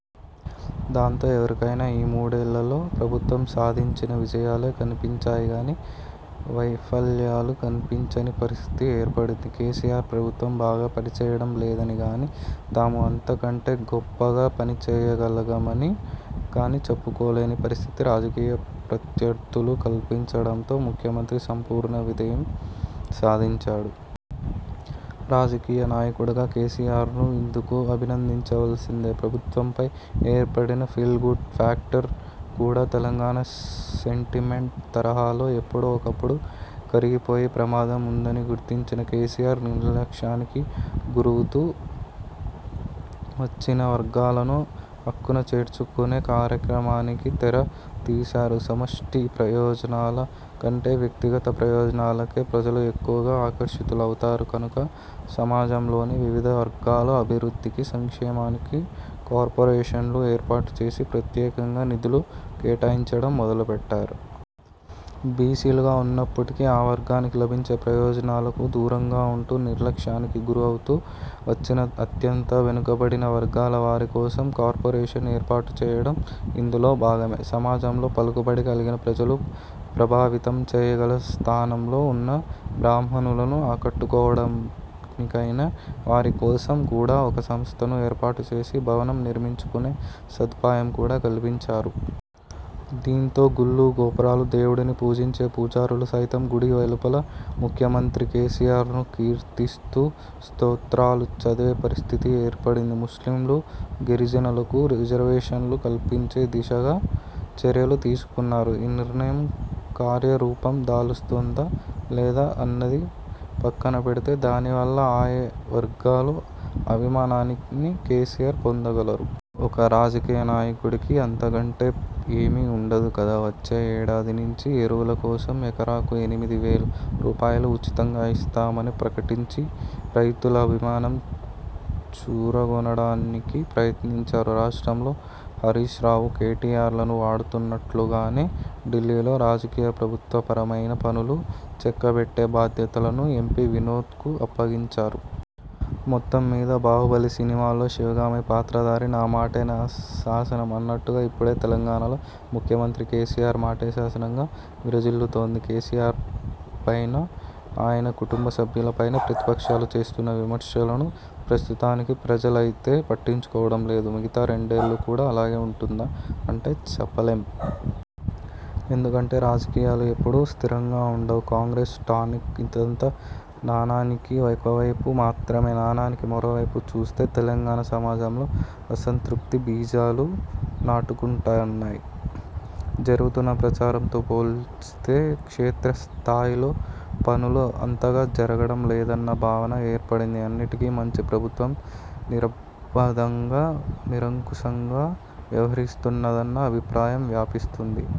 దాంతో ఎవరికైనా ఈ మూడేళ్లలో ప్రభుత్వం సాధించిన విజయాలే కనిపించాయి గానీ వైఫల్యాలు కనిపించని పరిస్థితి ఏర్పడింది. కేసీఆర్ ప్రభుత్వం బాగా పనిచేయడం లేదని గానీ, తాము అంతకంటే గొప్పగా పని చేయగలమని గానీ చెప్పుకోలేని పరిస్థితి రాజకీయ ప్రత్యర్థులకు కల్పించడంలో ముఖ్యమంత్రి సంపూర్ణ విజయం సాధించారు. రాజకీయ నాయకుడిగా కేసీఆర్ను ఇందుకు అభినందించవలసిందే! ప్రభుత్వంపై ఏర్పడిన ఫీల్ గుడ్ ఫ్యాక్టర్ కూడా తెలంగాణ సెంటిమెంట్ తరహాలో ఎప్పుడో ఒకప్పుడు కరిగిపోయే ప్రమాదం ఉందని గుర్తించిన కేసీఆర్, నిర్లక్ష్యానికి గురవుతూ వచ్చిన వర్గాలను అక్కున చేర్చుకునే కార్యక్రమానికి తెర తీశారు. సమష్టి ప్రయోజనాల కంటే వ్యక్తిగత ప్రయోజనాలకే ప్రజలు ఎక్కువగా ఆకర్షితులు అవుతారు కనుక సమాజంలోని వివిధ వర్గాల అభివృద్ధికి, సంక్షేమానికి కార్పొరేషన్లు ఏర్పాటు చేసి ప్రత్యేకంగా నిధులు కేటాయించడం మొదలుపెట్టారు. బీసీలుగా ఉన్నప్పటికీ ఆ వర్గానికి లభించే ప్రయోజనాలకు దూరంగా ఉంటూ నిర్లక్ష్యానికి గురవుతూ వచ్చిన అత్యంత వెనుకబడిన వర్గాలవారి కోసం కార్పొరేషన్ ఏర్పాటుచేయడం ఇందులో భాగమే! సమాజంలో పలుకుబడి కలిగి ప్రజలను ప్రభావితం చేయగల స్థానంలో ఉన్న బ్రాహ్మణులను ఆకట్టుకోవడానికైన వారి కోసం కూడా ఒక సంస్థను ఏర్పాటుచేసి, భవనం నిర్మించుకునే సదుపాయం కూడా కల్పించారు. దీంతో గుళ్లు- గోపురాలలో దేవుడిని పూజించే పూజారులు సైతం గుడి వెలుపల ముఖ్యమంత్రి కేసీఆర్ను కీర్తిస్తూ స్తోత్రాలు చదివే పరిస్థితి ఏర్పడింది. ముస్లింలు, గిరిజనులకు రిజర్వేషన్లు కల్పించే దిశగా చర్యలు తీసుకున్నారు. ఈ నిర్ణయం కార్యరూపం దాలుస్తుందా? లేదా? అన్నది పక్కనపెడితే దానివల్ల ఆయా వర్గాలు అభిమానాన్ని కేసీఆర్ పొందగలరు. ఒక రాజకీయ నాయకుడికి అంతకంటే ఏమీ ఉండదు కదా! వచ్చే ఏడాది నుంచి ఎరువుల కోసం ఎకరాకు ఎనిమిది వేల రూపాయలు ఉచితంగా ఇస్తామని ప్రకటించి రైతుల అభిమానం చూరగొనడానికి ప్రయత్నించారు. రాష్ట్రంలో హరీశ్రావు, కేటీఆర్లను వాడుతున్నట్టుగానే ఢిల్లీలో రాజకీయ, ప్రభుత్వపరమైన పనులను చక్కబెట్టే బాధ్యతలను ఎంపీ వినోద్కు అప్పగించారు. మొత్తంమీద బాహుబలి సినిమాలో శివగామి పాత్రధారి 'నా మాటే శాసనం' అన్నట్టుగా ఇప్పుడు తెలంగాణలో ముఖ్యమంత్రి కేసీఆర్ మాటే శాసనంగా విరాజిల్లుతోంది. కేసీఆర్పైన ఆయన కుటుంబసభ్యులపైన ప్రతిపక్షాలు చేస్తున్న విమర్శలను ప్రస్తుతానికి ప్రజలైతే పట్టించుకోవడం లేదు. మిగతా రెండేళ్లు కూడా ఇలాగే ఉంటుందా? అంటే చెప్పలేం! ఎందుకంటే రాజకీయాలు ఎప్పుడూ స్థిరంగా ఉండవు. కాంగ్రెస్కు టానిక్! ఇదంతా నాణానికి ఒకవైపు మాత్రమే! నాణానికి మరోవైపు చూస్తే తెలంగాణ సమాజంలో అసంతృప్తి బీజాలు నాటుకుంటున్నాయి. జరుగుతున్న ప్రచారంతో పోల్చితే క్షేత్ర స్థాయిలో పనులు అంతగా జరగడం లేదన్న భావన ఏర్పడింది. అన్నింటికీ మించి ప్రభుత్వం నిర్బంధంగా, నిరంకుశంగా వ్యహరిస్తున్నదన్న అభిప్రాయం వ్యాపిస్తోంది.